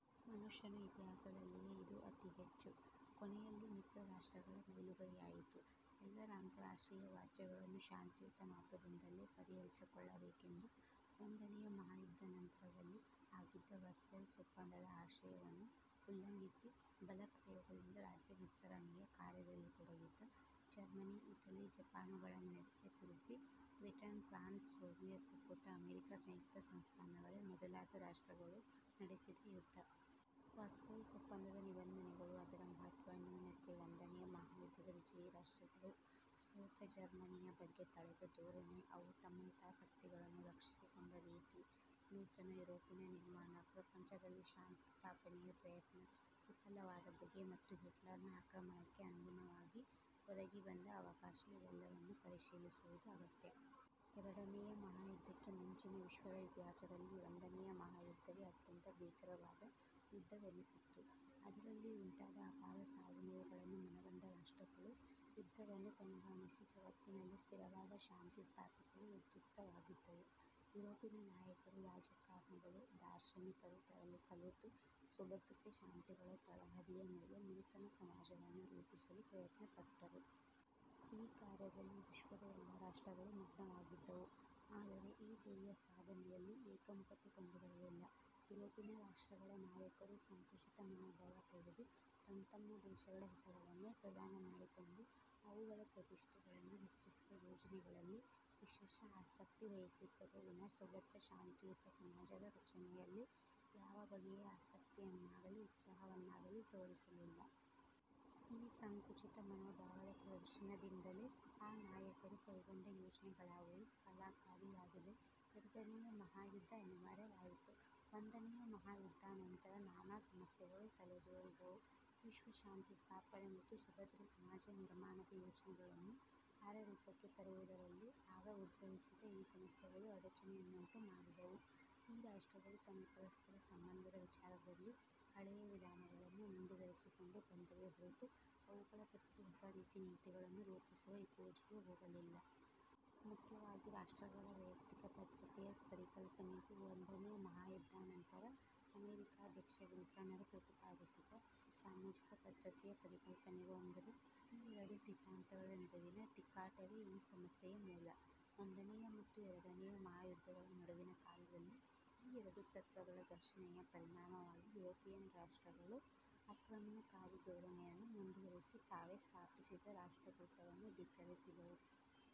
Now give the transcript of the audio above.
ಮನುಷ್ಯ ನ ಇತಿಹಾಸದಲ್ಲಿಯೇ ಇದು ಅತಿ ಹೆಚ್ಚು. ಕೊನೆಯಲ್ಲಿ ಮಿತ್ರ ರಾಷ್ಟ್ರಗಳ ಮೇಲುಗೈಯಾಯಿತು. ಎಲ್ಲ ಅಂತಾರಾಷ್ಟ್ರೀಯ ವ್ಯಾಜ್ಯಗಳನ್ನೂ ಶಾಂತಿಯುತ ಮಾರ್ಗದಿಂದಲೇ ಪರಿಹರಿಸಿಕೊಳ್ಳಬೇಕೆಂದು ಒಂದನೆಯ ಮಹಾಯುದ್ಧಾನಂತರದಲ್ಲಿ ಆಗಿದ್ದ ವರ್ಸೇಲ್ಸ್ ಒಪ್ಪಂದ ದ ಆಶಯವನ್ನು ಉಲ್ಲಂಘಿಸಿ ಬಲಪ್ರಯೋಗದಿಂದ ರಾಜ್ಯ ವಿಸ್ತರಣೆಯ ಕಾರ್ಯದಲ್ಲಿ ತೊಡಗಿದ್ದ ಜರ್ಮನಿ, ಇಟಲಿ, ಜಪಾನುಗಳನ್ನೆದುರಿಸಿ ಬ್ರಿಟನ್, ಫ್ರಾನ್ಸ್, ಸೋವಿಯತ್ ಒಕ್ಕೂಟ ಅಮೆರಿಕ ಸಂಯುಕ್ತ ಸಂಸ್ಥಾನಗಳೇ ಮೊದಲಾದ ರಾಷ್ಟ್ರಗಳು ನಡೆಸಿದ ಯುದ್ಧ. ವರ್ಸೇಲ್ಸ್ ಒಪ್ಪಂದದ ನಿಬಂಧನೆಗಳು, ಅದರ ಮಹತ್ತ್ವ, ನ್ಯೂನತೆ, ಒಂದನೆಯ ಮಹಾಯುದ್ಧದ ವಿಜಯೀ ರಾಷ್ಟ್ರಗಳು ಸೋತ ಜರ್ಮನಿಯ ಬಗ್ಗೆ ತಳೆದ ಧೋರಣೆ, ಅವು ತಮ್ಮ ಹಿತಾಸಕ್ತಿಗಳನ್ನು ರಕ್ಷಿಸಿ ಕೊಂಡ ರೀತಿ, ನೂತನ ಯುರೋಪಿನ ನಿರ್ಮಾಣ, ಪ್ರಪಂಚದಲ್ಲಿ ಶಾಂತಿಸ್ಥಾಪನೆಯ ಪ್ರಯತ್ನ ವಿಫಲವಾದ ಬಗೆ, ಮತ್ತು ಹಿಟ್ಲರನ ಆಕ್ರಮಣಕ್ಕೆ ಅನುವಾಗಿ ಒದಗಿಬಂದ ಅವಕಾಶ-ಇವೆಲ್ಲವನ್ನೂ ಪರಿಶೀಲಿಸುವುದು ಅಗತ್ಯ. ಎರಡನೆಯ ಮಹಾಯುದ್ಧಕ್ಕೆ ಮುಂಚಿನ ವಿಶ್ವದ ಇತಿಹಾಸದಲ್ಲಿ ಒಂದನೆಯ ಮಹಾಯುದ್ಧ ವೇ ಅತ್ಯಂತ ಭೀಕರವಾದ ಯುದ್ಧವೆನಿಸಿತ್ತು. ಅದರಲ್ಲಿ ಉಂಟಾದ ಅಪಾರ ಸಾವುನೋವುಗಳನ್ನು ಮನಗಂಡ ರಾಷ್ಟ್ರಗಳು ಯುದ್ಧವನ್ನು ಕೊನೆಗಾಣಿಸಿ, ಜಗತ್ತಿನಲ್ಲಿ ಸ್ಥಿರವಾದ ಶಾಂತಿ ಸ್ಥಾಪಿಸಲು ಉದ್ಯುಕ್ತವಾಗಿದ್ದುವು. ಯುರೋಪಿನ ನಾಯಕರೂ ರಾಜಕಾರಣಿಗಳೂ ದಾರ್ಶನಿಕರೂ ಕಲೆತು ಸುಭದ್ರತೆ ಶಾಂತಿಗಳ ತಳಹದಿಯ ಮೇಲೆ ನೂತನ ಸಮಾಜವನ್ನು ರೂಪಿಸಲು ಪ್ರಯತ್ನಪಟ್ಟರು. ಈ ಕಾರ್ಯದಲ್ಲಿ ವಿಶ್ವದ ಎಲ್ಲ ರಾಷ್ಟ್ರಗಳೂ ಮಗ್ನವಾಗಿದ್ದುವು. ಆದರೆ ಈ ಧ್ಯೇಯಸಾಧನೆಯಲ್ಲಿ ಏಕಮುಖತೆ ಕಂಡುಬರಲಿಲ್ಲ. ಯುರೋಪಿನ ರಾಷ್ಟ್ರಗಳ ನಾಯಕರು ಸಂಕುಚಿತ ಮನೋಭಾವ ತಳೆದು ತಂತಮ್ಮ ದೇಶಗಳ ಹಿತಗಳನ್ನೇ ಪ್ರಧಾನ ಮಾಡಿಕೊಂಡು ಅವುಗಳ ಪ್ರತಿಷ್ಠೆಗಳನ್ನು ಹೆಚ್ಚಿಸುವ ಯೋಜನೆಗಳಲ್ಲಿ ವಿಶೇಷ ಆಸಕ್ತಿ ವಹಿಸಿದ್ದರೇ ವಿನಾ ಸುಭದ್ರ ಶಾಂತಿಯುತ ಸಮಾಜದ ರಚನೆಯಲ್ಲಿ ಯಾವ ಬಗೆಯ ಆಸಕ್ತಿಯನ್ನಾಗಲಿ ಉತ್ಸಾಹವನ್ನಾಗಲಿ ತೋರಿಸಲಿಲ್ಲ. ಈ ಸಂಕುಚಿತ ಮನೋಭಾವದ ಪ್ರದರ್ಶನದಿಂದಲೇ ಆ ನಾಯಕರು ಕೈಗೊಂಡ ಯೋಜನೆಗಳಾವುವೂ ಫಲಕಾರಿಯಾಗದೆ ಎರಡನೆಯ ಮಹಾಯುದ್ಧ ಅನಿವಾರ್ಯವಾಯಿತು. ಒಂದನೆಯ ಮಹಾಯುದ್ಧಾನಂತರ ನಾನಾ ಸಮಸ್ಯೆಗಳು ತಲೆದೋರಿದುವು. ವಿಶ್ವಶಾಂತಿಸ್ಥಾಪನೆ ಮತ್ತು ಸುಭದ್ರ ಸಮಾಜ ನಿರ್ಮಾಣದ ಯೋಜನೆಗಳನ್ನು ಕಾರ್ಯರೂಪಕ್ಕೆ ತರುವುದರಲ್ಲಿ ಆಗ ಉದ್ಭವಿಸಿದ ಈ ಸಮಸ್ಯೆಗಳು ಅಡಚಣೆಯನ್ನುಂಟು ಮಾಡಿದವು. ಈ ರಾಷ್ಟ್ರಗಳು ತಮ್ಮ ಪರಸ್ಪರ ಸಂಬಂಧದ ವಿಚಾರದಲ್ಲಿ ಹಳೆಯ ವಿಧಾನಗಳನ್ನೇ ಮುಂದುವರಿಸಿಕೊಂಡು ಬಂದವೇ ಹೊರತು, ಅವುಗಳ ಬದಲು ಹೊಸ ರೀತಿ ನೀತಿಗಳನ್ನು ರೂಪಿಸುವ ಗೋಜಿಗೇ ಹೋಗಲಿಲ್ಲ. ಮುಖ್ಯವಾಗಿ ರಾಷ್ಟ್ರಗಳ ವೈಯಕ್ತಿಕ ಭದ್ರತೆಯ ಪರಿಕಲ್ಪನೆಗೂ, ಒಂದನೆಯ ಮಹಾಯುದ್ಧಾನಂತರ ಅಮೆರಿಕಾಧ್ಯಕ್ಷ ವಿಲ್ಸನರು ಪ್ರತಿಪಾದಿಸಿದ ಸಾಮೂಹಿಕ ಭದ್ರತೆಯ ಪರಿಕಲ್ಪನೆಗೂ ಅಂದರೆ ಈ ಎರಡು ಸಿದ್ಧಾಂತಗಳ ನಡುವಿನ ತಿಕ್ಕಾಟವೇ ಈ ಸಮಸ್ಯೆಯ ಮೂಲ. ಒಂದನೆಯ ಮತ್ತು ಎರಡನೆಯ ಮಹಾಯುದ್ಧಗಳ ನಡುವಣ ಕಾಲದಲ್ಲಿ ಈ ಎರಡು ತತ್ತ್ವಗಳ ಘರ್ಷಣೆಯ ಪರಿಣಾಮವಾಗಿ ಯುರೋಪಿನ ರಾಷ್ಟ್ರಗಳು ಆಕ್ರಮಣಕಾರಿ ಧೋರಣೆಯನ್ನು ಮುಂದುವರಿಸಿ ತಾವೇ ಸ್ಥಾಪಿಸಿದ ರಾಷ್ಟ್ರಕೂಟ ವನ್ನು ಧಿಕ್ಕರಿಸಿದುವು.